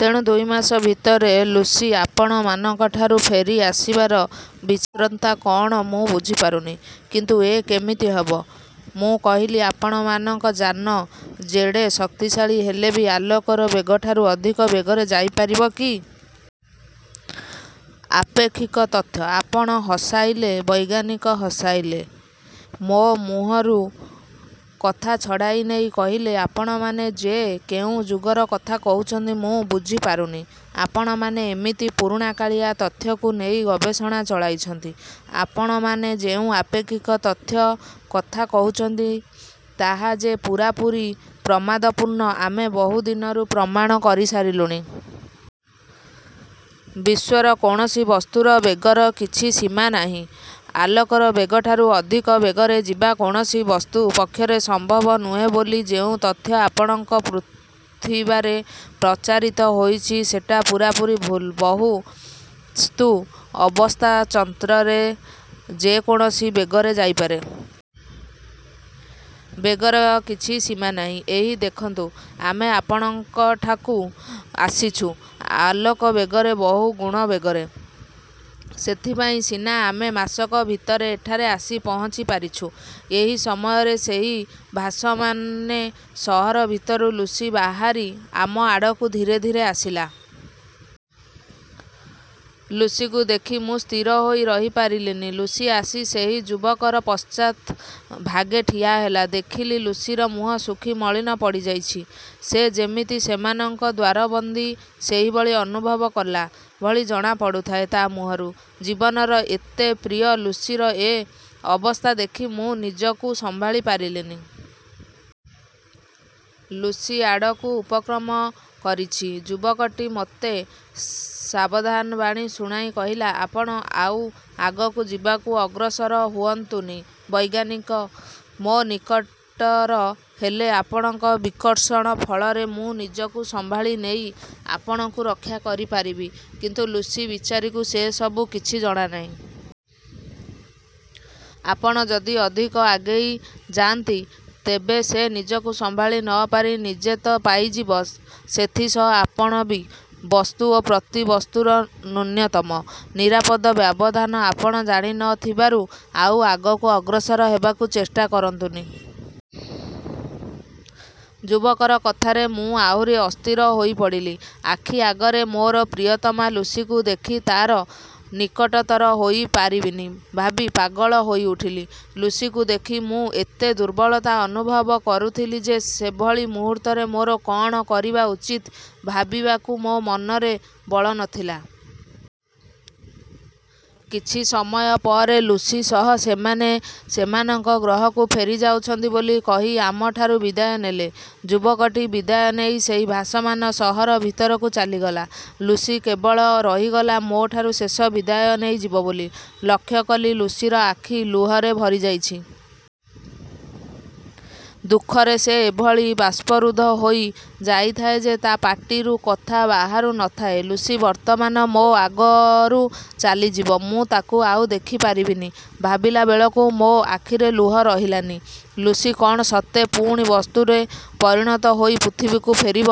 ତେଣୁ ଦୁଇ ମାସ ଭିତରେ ଲୁସି ଆପଣ ମାନଙ୍କଠାରୁ ଫେରି ଆସିବାର ବିଚିନ୍ତ୍ରତା କଅଣ ମୁଁ ବୁଝି ପାରୁନି। 'କିନ୍ତୁ ଏ କେମିତି ହେବ? '' ମୁଁ କହିଲି, ''ଆପଣମାନଙ୍କ ଯାନ ଯେଡ଼େ ଶକ୍ତିଶାଳୀ ହେଲେ ବି ଆଲୋକର ବେଗଠାରୁ ଅଧିକ ବେଗରେ ଯାଇପାରିବ କି? ଆପେକ୍ଷିକ ତଥ୍ୟ–'' ''ଆପଣ ହସାଇଲେ ବୈଜ୍ଞାନିକ, ହସାଇଲେ। '' ମୋ ମୁହରୁ କଥା ଛଡ଼ାଇ ନେଇ କହିଲେ, ଆପଣମାନେ ଯେ କେଉଁ ଯୁଗର କଥା କହୁଛନ୍ତି, ମୁଁ ବୁଝି ପାରୁନି। ଆପଣମାନେ ଏମିତି ପୁରୁଣାକାଳିଆ ତଥ୍ୟକୁ ନେଇ ଗବେଷଣା ଚଳାଇଛନ୍ତି। ଆପଣମାନେ ଯେଉଁ ଆପେକ୍ଷିକ ତଥ୍ୟ କଥା କହୁଛନ୍ତି, ତାହା ଯେ ପୂରାପୂରି ପ୍ରମାଦପୂର୍ଣ୍ଣ ଆମେ ବହୁ ଦିନରୁ ପ୍ରମାଣ କରି ସାରିଲୁଣି। ବିଶ୍ୱର କୌଣସି ବସ୍ତୁର ବେଗର କିଛି ସୀମା ନାହିଁ। ଆଲୋକର ବେଗଠାରୁ ଅଧିକ ବେଗରେ ଯିବା କୌଣସି ବସ୍ତୁ ପକ୍ଷରେ ସମ୍ଭବ ନୁହେଁ ବୋଲି ଯେଉଁ ତଥ୍ୟ ଆପଣଙ୍କ ପୃଥିବାରେ ପ୍ରଚାରିତ ହୋଇଛି, ସେଟା ପୂରାପୂରି ଭୁଲ୍। ବସ୍ତୁ ଅବସ୍ଥାଚନ୍ତ୍ରରେ ଯେ କୌଣସି ବେଗରେ ଯାଇପାରେ। ବେଗର କିଛି ସୀମା ନାହିଁ। ଏହି ଦେଖନ୍ତୁ, ଆମେ ଆପଣଙ୍କଠାକୁ ଆସିଛୁ, ଆଲୋକବେଗରେ ବହୁ ଗୁଣ ବେଗରେ। ସେଥିପାଇଁ ସିନା ଆମେ ମାସକ ଭିତରେ ଏଠାରେ ଆସି ପହଞ୍ଚି ପାରିଛୁ। '' ଏହି ସମୟରେ ସେହି ଭାସମାନେ ସହର ଭିତରୁ ଲୁସି ବାହାରି ଆମ ଆଡ଼କୁ ଧୀରେ ଧୀରେ ଆସିଲା। ଲୁସିକୁ ଦେଖି ମୁଁ ସ୍ଥିର ହୋଇ ରହିପାରିଲିନି। ଲୁସି ଆସି ସେହି ଯୁବକର ପଶ୍ଚାତ୍ ଭାଗେ ଠିଆହେଲା। ଦେଖିଲି ଲୁସିର ମୁହଁ ଶୁଖି ମଳିନ ପଡ଼ିଯାଇଛି। ସେ ଯେମିତି ସେମାନଙ୍କ ଦ୍ୱାରା ବନ୍ଦୀ, ସେହିଭଳି ଅନୁଭବ କଲା ଭଳି ଜଣା ପଡ଼ୁଥାଏ ତା ମୁହଁରୁ। ଜୀବନର ଏତେ ପ୍ରିୟ ଲୁସିର ଏ ଅବସ୍ଥା ଦେଖି ମୁଁ ନିଜକୁ ସମ୍ଭାଳି ପାରିଲିନି। ଲୁସି ଆଡ଼କୁ ଉପକ୍ରମ କରିଛି, ଯୁବକଟି ମୋତେ ସାବଧାନବାଣୀ ଶୁଣାଇ କହିଲା, ''ଆପଣ ଆଉ ଆଗକୁ ଯିବାକୁ ଅଗ୍ରସର ହୁଅନ୍ତୁନି ବୈଜ୍ଞାନିକ, ମୋ ନିକଟର ହେଲେ ଆପଣଙ୍କ ବିକର୍ଷଣ ଫଳରେ ମୁଁ ନିଜକୁ ସମ୍ଭାଳି ନେଇ ଆପଣଙ୍କୁ ରକ୍ଷା କରି ପାରିବି, କିନ୍ତୁ ଲୁସି ବିଚାରୀକୁ ସେ ସବୁ କିଛି ଜଣା ନାହିଁ। ଆପଣ ଯଦି ଅଧିକ ଆଗେଇ ଯାନ୍ତି, ତେବେ ସେ ନିଜକୁ ସମ୍ଭାଳି ନ ପାରି ନିଜେ ତ ପାଇଯିବ, ସେଥିସହ ଆପଣ ବି। ବସ୍ତୁ ଓ ପ୍ରତି ବସ୍ତୁର ନ୍ୟୂନତମ ନିରାପଦ ବ୍ୟବଧାନ ଆପଣ ଜାଣି ନ ଥିବାରୁ ଆଉ ଆଗକୁ ଅଗ୍ରସର ହେବାକୁ ଚେଷ୍ଟା କରନ୍ତୁନି। ଯୁବକର କଥାରେ ମୁଁ ଆହୁରି ଅସ୍ଥିର ହୋଇ ପଡ଼ିଲି। ଆଖି ଆଗରେ ମୋର ପ୍ରିୟତମା ଲୁସିକୁ ଦେଖି ତା'ର ନିକଟର ହୋଇପାରିବିନି ଭାବି ପାଗଳ ହୋଇଉଠିଲି? ଲୁସିକୁ ଦେଖି ମୁଁ ଏତେ ଦୁର୍ବଳତା ଅନୁଭବ କରୁଥିଲି ଯେ ସେଭଳି ମୁହୂର୍ତ୍ତରେ ମୋର କ'ଣ କରିବା ଉଚିତ୍ ଭାବିବାକୁ ମୋ ମନରେ ବଳ ନ ଥିଲା। କିଛି ସମୟ ପରେ ଲୁସି ସହ ସେମାନେ ସେମାନଙ୍କ ଗ୍ରହକୁ ଫେରି ଯାଉଛନ୍ତି ବୋଲି କହି ଆମଠାରୁ ବିଦାୟ ନେଲେ। ଯୁବକଟି ବିଦାୟ ନେଇ ସେହି ଭାସମାନ ସହର ଭିତରକୁ ଚାଲିଗଲା। ଲୁସି କେବଳ ରହିଗଲା ମୋଠାରୁ ଶେଷ ବିଦାୟ ନେଇ ଯିବ ବୋଲି। ଲକ୍ଷ୍ୟ କଲି, ଲୁସିର ଆଖି ଲୁହରେ ଭରିଯାଇଛି। ଦୁଃଖରେ ସେ ଏଭଳି ବାଷ୍ପରୁଦ୍ଧ ହୋଇ ଯାଇଥାଏ ଯେ ତା ପାଟିରୁ କଥା ବାହାରୁ ନ ଥାଏ ଲୁସି ବର୍ତ୍ତମାନ ମୋ ଆଗରୁ ଚାଲିଯିବ, ମୁଁ ତାକୁ ଆଉ ଦେଖିପାରିବିନି, ଭାବିଲାବେଳକୁ ମୋ ଆଖିରେ ଲୁହ ରହିଲାନି। ଲୁସି କ'ଣ ସତେ ପୁଣି ବସ୍ତୁରେ ପରିଣତ ହୋଇ ପୃଥିବୀକୁ ଫେରିବ,